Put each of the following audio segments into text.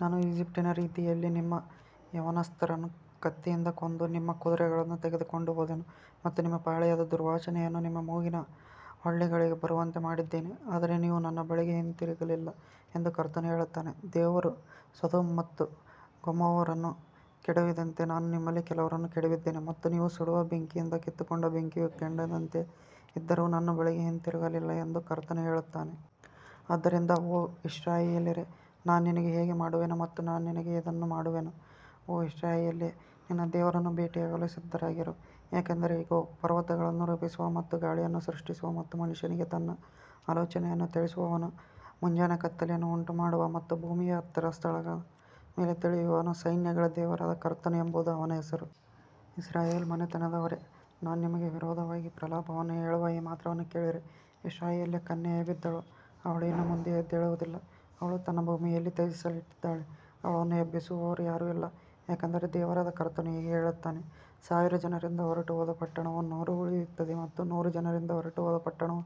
ನಾನು ಈಜಿಪ್ಟಿನ ರೀತಿಯಲ್ಲಿ ನಿಮ್ಮ ಯೌವನಸ್ಥರನ್ನು ಕತ್ತಿಯಿಂದ ಕೊಂದು ನಿಮ್ಮ ಕುದುರೆಗಳನ್ನು ತೆಗೆದುಕೊಂಡು ಹೋದೆನು ಮತ್ತು ನಿಮ್ಮ ಪಾಳೆಯದ ದುರ್ವಾಸನೆಯನ್ನು ನಿಮ್ಮ ಮೂಗಿನ ಹೊಳ್ಳೆಗಳಿಗೆ ಬರುವಂತೆ ಮಾಡಿದ್ದೇನೆ, ಆದರೆ ನೀವು ನನ್ನ ಬಳಿಗೆ ಹಿಂತಿರುಗಲಿಲ್ಲ ಎಂದು ಕರ್ತನು ಹೇಳುತ್ತಾನೆ. ದೇವರು ಸೊದೋಮ್ ಮತ್ತು ಗೊಮೋರವನ್ನು ಕೆಡವಿದಂತೆ ನಾನು ನಿಮ್ಮಲ್ಲಿ ಕೆಲವರನ್ನು ಕೆಡವಿದ್ದೇನೆ ಮತ್ತು ನೀವು ಸುಡುವ ಬೆಂಕಿಯಿಂದ ಕಿತ್ತುಕೊಂಡ ಬೆಂಕಿಯ ಕೆಂಡದಂತೆ ಇದ್ದರೂ ನನ್ನ ಬಳಿಗೆ ಹಿಂತಿರುಗಲಿಲ್ಲ ಎಂದು ಕರ್ತನು ಹೇಳುತ್ತಾನೆ. ಆದದರಿಂದ ಓ ಇಸ್ರಾಯೇಲ್ಯರೇ, ನಾನು ನಿನಗೆ ಹೀಗೆ ಮಾಡುವೆನು ಮತ್ತು ನಾನು ನಿನಗೆ ಇದನ್ನು ಮಾಡುವೆನು. ಓ ಇಸ್ರಾಯೇಲ್ಯೇ, ನಿನ್ನ ದೇವರನ್ನು ಭೇಟಿಯಾಗಲು ಸಿದ್ಧರಾಗಿರು, ಯಾಕಂದರೆ ಇಗೋ, ಪರ್ವತಗಳನ್ನು ರೂಪಿಸುವ ಮತ್ತು ಗಾಳಿಯನ್ನು ಸೃಷ್ಟಿಸುವ ಮತ್ತು ಮನುಷ್ಯನಿಗೆ ತನ್ನ ಆಲೋಚನೆಯನ್ನು ತಿಳಿಸುವವನು, ಮುಂಜಾನೆ ಕತ್ತಲೆಯನ್ನು ಉಂಟುಮಾಡುವ ಮತ್ತು ಭೂಮಿಯ ಎತ್ತರದ ಸ್ಥಳಗಳ ಮೇಲೆ ತುಳಿಯುವವನು, ಸೈನ್ಯಗಳ ದೇವರಾದ ಕರ್ತನು ಎಂಬುದೇ ಅವನ ಹೆಸರು. ಇಸ್ರಾಯೇಲ್ ಮನೆತನದವರೇ, ನಾನು ನಿಮಗೆ ವಿರೋಧವಾಗಿ ಪ್ರಲಾಪವನ್ನು ಹೇಳುವ ಈ ಮಾತನ್ನು ಕೇಳಿರಿ. ಇಸ್ರಾಯೇಲ್ಯ ಕನ್ಯೆಯು ಬಿದ್ದಳು, ಅವಳು ಇನ್ನು ಮುಂದೆ ಎದ್ದೇಳುವುದಿಲ್ಲ, ಅವಳು ತನ್ನ ಭೂಮಿಯಲ್ಲಿ ತ್ಯಜಿಸಲ್ಪಟ್ಟಿದ್ದಾಳೆ, ಅವಳನ್ನು ಎಬ್ಬಿಸುವವರು ಯಾರೂ ಇಲ್ಲ. ಯಾಕಂದರೆ ದೇವರಾದ ಕರ್ತನು ಹೀಗೆ ಹೇಳುತ್ತಾನೆ, ಸಾವಿರ ಜನರಿಂದ ಹೊರಟುಹೋದ ಪಟ್ಟಣವು ನೂರು ಉಳಿಯುತ್ತದೆ ಮತ್ತು ನೂರು ಜನರಿಂದ ಹೊರಟುಹೋದ ಪಟ್ಟಣವು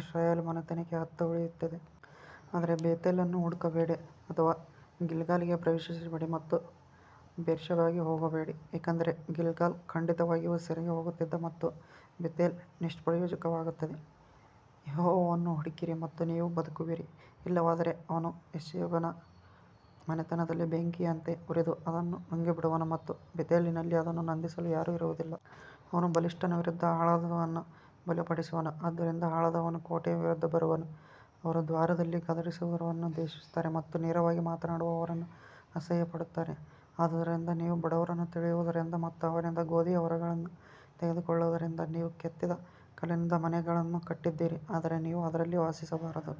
ಇಸ್ರಾಯೇಲ್ ಮನೆತನಕ್ಕೆ ಹತ್ತು ಉಳಿಯುತ್ತದೆ. ಆದರೆ ಬೇತೇಲನ್ನು ಹುಡುಕಬೇಡಿ ಅಥವಾ ಗಿಲ್ಗಾಲಿಗೆ ಪ್ರವೇಶಿಸಬೇಡಿ ಮತ್ತು ಬೇರ್ಷೆಬಾಗೆ ಹೋಗಬೇಡಿ, ಏಕೆಂದರೆ ಗಿಲ್ಗಾಲ್ ಖಂಡಿತವಾಗಿಯೂ ಸೆರೆಗೆ ಹೋಗುತ್ತದೆ ಮತ್ತು ಬೇತೇಲ್ ನಿಷ್ಪ್ರಯೋಜಕವಾಗುತ್ತದೆ. ಯೆಹೋವನನ್ನು ಹುಡುಕಿರಿ ಮತ್ತು ನೀವು ಬದುಕುವಿರಿ, ಇಲ್ಲವಾದರೆ ಅವನು ಯೋಸೇಫನ ಮನೆತನದಲ್ಲಿ ಬೆಂಕಿಯಂತೆ ಉರಿದು ಅದನ್ನು ನುಂಗಿಬಿಡುವನು ಮತ್ತು ಬೇತೇಲಿನಲ್ಲಿ ಅದನ್ನು ನಂದಿಸಲು ಯಾರೂ ಇರುವುದಿಲ್ಲ. ಅವನು ಬಲಿಷ್ಠನ ವಿರುದ್ಧ ಹಾಳಾದವನನ್ನು ಬಲಪಡಿಸುವನು, ಆದ್ದರಿಂದ ಹಾಳಾದವನು ಕೋಟೆಯ ವಿರುದ್ಧ ಬರುವನು. ಅವರು ದ್ವಾರದಲ್ಲಿ ಗದರಿಸುವವನನ್ನು ದ್ವೇಷಿಸುತ್ತಾರೆ ಮತ್ತು ನೇರವಾಗಿ ಮಾತನಾಡುವವನನ್ನು ಅಸಹ್ಯಪಡುತ್ತಾರೆ. ಆದುದರಿಂದ ನೀವು ಬಡವರನ್ನು ತುಳಿಯುವುದರಿಂದ ಮತ್ತು ಅವನಿಂದ ಗೋಧಿಯ ಹೊರೆಗಳನ್ನು ತೆಗೆದುಕೊಳ್ಳುವುದರಿಂದ, ನೀವು ಕೆತ್ತಿದ ಕಲ್ಲಿನಿಂದ ಮನೆಗಳನ್ನು ಕಟ್ಟಿದ್ದೀರಿ, ಆದರೆ ನೀವು ಅದರಲ್ಲಿ ವಾಸಿಸಬಾರದು.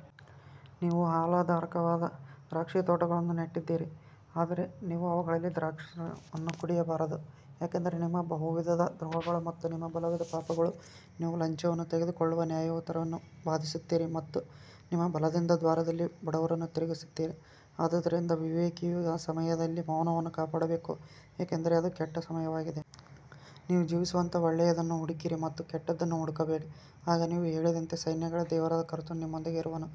ನೀವು ಆಹ್ಲಾದಕರವಾದ ದ್ರಾಕ್ಷಿತೋಟಗಳನ್ನು ನೆಟ್ಟಿದ್ದೀರಿ, ಆದರೆ ನೀವು ಅವುಗಳಲ್ಲಿ ದ್ರಾಕ್ಷಾರಸವನ್ನು ಕುಡಿಯಬಾರದು. ಯಾಕಂದರೆ ನಿಮ್ಮ ಬಹುವಿಧದ ದ್ರೋಹಗಳು ಮತ್ತು ನಿಮ್ಮ ಬಲವಾದ ಪಾಪಗಳು, ನೀವು ಲಂಚವನ್ನು ತೆಗೆದುಕೊಳ್ಳುವ ನ್ಯಾಯಯುತರನ್ನು ಬಾಧಿಸುತ್ತೀರಿ ಮತ್ತು ನಿಮ್ಮ ಬಲದಿಂದ ದ್ವಾರದಲ್ಲಿ ಬಡವರನ್ನು ತಿರುಗಿಸುತ್ತೀರಿ. ಆದುದರಿಂದ ವಿವೇಕಿಯು ಆ ಸಮಯದಲ್ಲಿ ಮೌನವನ್ನು ಕಾಪಾಡಬೇಕು, ಏಕೆಂದರೆ ಅದು ಕೆಟ್ಟ ಸಮಯವಾಗಿದೆ. ನೀವು ಜೀವಿಸುವಂತೆ ಒಳ್ಳೆಯದನ್ನು ಹುಡುಕಿರಿ ಮತ್ತು ಕೆಟ್ಟದ್ದನ್ನು ಹುಡುಕಬೇಡಿ, ಆಗ ನೀವು ಹೇಳಿದಂತೆ ಸೈನ್ಯಗಳ ದೇವರಾದ ಕರ್ತನು ನಿಮ್ಮೊಂದಿಗೆ ಇರುವನು.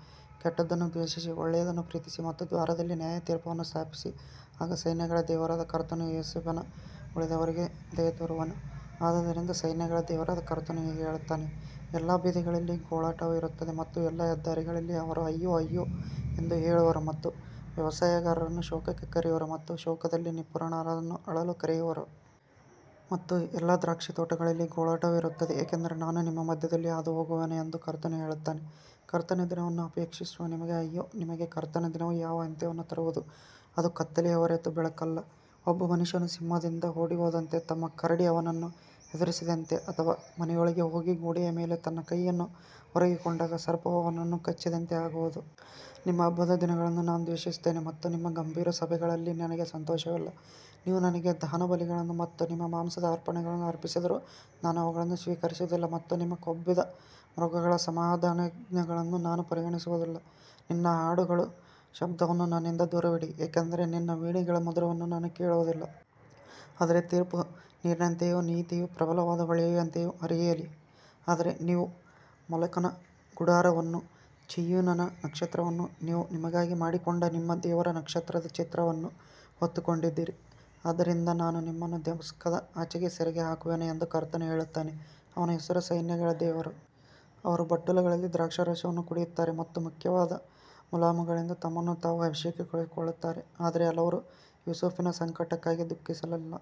ಕೆಟ್ಟದ್ದನ್ನು ದ್ವೇಷಿಸಿ, ಒಳ್ಳೆಯದನ್ನು ಪ್ರೀತಿಸಿ ಮತ್ತು ದ್ವಾರದಲ್ಲಿ ನ್ಯಾಯತೀರ್ಪನ್ನು ಸ್ಥಾಪಿಸಿ, ಆಗ ಸೈನ್ಯಗಳ ದೇವರಾದ ಕರ್ತನು ಯೋಸೇಫನ ಉಳಿದವರಿಗೆ ದಯೆತೋರುವನು. ಆದದರಿಂದ ಸೈನ್ಯಗಳ ದೇವರಾದ ಕರ್ತನು ಹೀಗೆ ಹೇಳುತ್ತಾನೆ, ಎಲ್ಲಾ ಬೀದಿಗಳಲ್ಲಿ ಗೋಳಾಟವು ಇರುತ್ತದೆ ಮತ್ತು ಎಲ್ಲಾ ಹೆದ್ದಾರಿಗಳಲ್ಲಿ ಅವರು ಅಯ್ಯೋ ಅಯ್ಯೋ ಎಂದು ಹೇಳುವರು ಮತ್ತು ವ್ಯವಸಾಯಗಾರನನ್ನು ಶೋಕಕ್ಕೆ ಕರೆಯುವರು ಮತ್ತು ಶೋಕದಲ್ಲಿ ನಿಪುಣರಾದವರನ್ನು ಅಳಲು ಕರೆಯುವರು. ಮತ್ತು ಎಲ್ಲಾ ದ್ರಾಕ್ಷಿತೋಟಗಳಲ್ಲಿ ಗೋಳಾಟವು ಇರುತ್ತದೆ, ಏಕೆಂದರೆ ನಾನು ನಿಮ್ಮ ಮಧ್ಯದಲ್ಲಿ ಹಾದುಹೋಗುವೆನು ಎಂದು ಕರ್ತನು ಹೇಳುತ್ತಾನೆ. ಕರ್ತನ ದಿನವನ್ನು ಅಪೇಕ್ಷಿಸುವ ನಿಮಗೆ ಅಯ್ಯೋ, ನಿಮಗೆ ಕರ್ತನ ದಿನವು ಯಾವ ಅಂತ್ಯವನ್ನು ತರುವುದು, ಅದು ಕತ್ತಲೆಯೇ ಹೊರತು ಬೆಳಕಲ್ಲ. ಒಬ್ಬ ಮನುಷ್ಯನು ಸಿಂಹದಿಂದ ಓಡಿಹೋದಂತೆ ಮತ್ತು ಕರಡಿ ಅವನನ್ನು ಎದುರಿಸಿದಂತೆ ಅಥವಾ ಮನೆಯೊಳಗೆ ಹೋಗಿ ಗೋಡೆಯ ಮೇಲೆ ತನ್ನ ಕೈಯನ್ನು ಒರಗಿಕೊಂಡಾಗ ಸರ್ಪವು ಅವನನ್ನು ಕಚ್ಚಿದಂತೆ ಆಗುವುದು. ನಿಮ್ಮ ಹಬ್ಬದ ದಿನಗಳನ್ನು ನಾನು ದ್ವೇಷಿಸುತ್ತೇನೆ ಮತ್ತು ನಿಮ್ಮ ಗಂಭೀರ ಸಭೆಗಳಲ್ಲಿ ನನಗೆ ಸಂತೋಷವಿಲ್ಲ. ನೀವು ನನಗೆ ದಹನಬಲಿಗಳನ್ನು ಮತ್ತು ನಿಮ್ಮ ಮಾಂಸದ ಅರ್ಪಣೆಗಳನ್ನು ಅರ್ಪಿಸಿದರೂ ನಾನು ಅವುಗಳನ್ನು ಸ್ವೀಕರಿಸುವುದಿಲ್ಲ ಮತ್ತು ನಿಮ್ಮ ಕೊಬ್ಬಿದ ಮೃಗಗಳ ಸಮಾಧಾನಯಜ್ಞಗಳನ್ನು ನಾನು ಪರಿಗಣಿಸುವುದಿಲ್ಲ. ನಿನ್ನ ಹಾಡುಗಳ ಶಬ್ದವನ್ನು ನನ್ನಿಂದ ದೂರವಿಡಿ, ಏಕೆಂದರೆ ನಿನ್ನ ವೀಣೆಗಳ ಮಧುರವನ್ನು ನಾನು ಕೇಳುವುದಿಲ್ಲ. ಆದರೆ ತೀರ್ಪು ನೀರಿನಂತೆಯೂ ನೀತಿಯು ಪ್ರಬಲವಾದ ಹೊಳೆಯಂತೆಯೂ ಹರಿಯಲಿ. ಆದರೆ ನೀವು ಮೊಲೊಕನ ಗುಡಾರವನ್ನೂ ಚಿಯೂನನ ನಕ್ಷತ್ರವನ್ನೂ, ನೀವು ನಿಮಗಾಗಿ ಮಾಡಿಕೊಂಡ ನಿಮ್ಮ ದೇವರ ನಕ್ಷತ್ರದ ಚಿತ್ರವನ್ನೂ ಹೊತ್ತುಕೊಂಡಿದ್ದೀರಿ. ಆದದರಿಂದ ನಾನು ನಿಮ್ಮನ್ನು ದಮಸ್ಕದ ಆಚೆಗೆ ಸೆರೆಗೆ ಹಾಕುವೆನು ಎಂದು ಕರ್ತನು ಹೇಳುತ್ತಾನೆ, ಅವನ ಹೆಸರು ಸೈನ್ಯಗಳ ದೇವರು. ಅವರು ಬಟ್ಟಲುಗಳಲ್ಲಿ ದ್ರಾಕ್ಷಾರಸವನ್ನು ಕುಡಿಯುತ್ತಾರೆ ಮತ್ತು ಮುಖ್ಯವಾದ ಮುಲಾಮುಗಳಿಂದ ತಮ್ಮನ್ನು ತಾವು ಅಭಿಷೇಕಿಸಿಕೊಳ್ಳುತ್ತಾರೆ, ಆದರೆ ಅವರು ಯೋಸೇಫನ ಸಂಕಟಕ್ಕಾಗಿ ದುಃಖಿಸಲಿಲ್ಲ.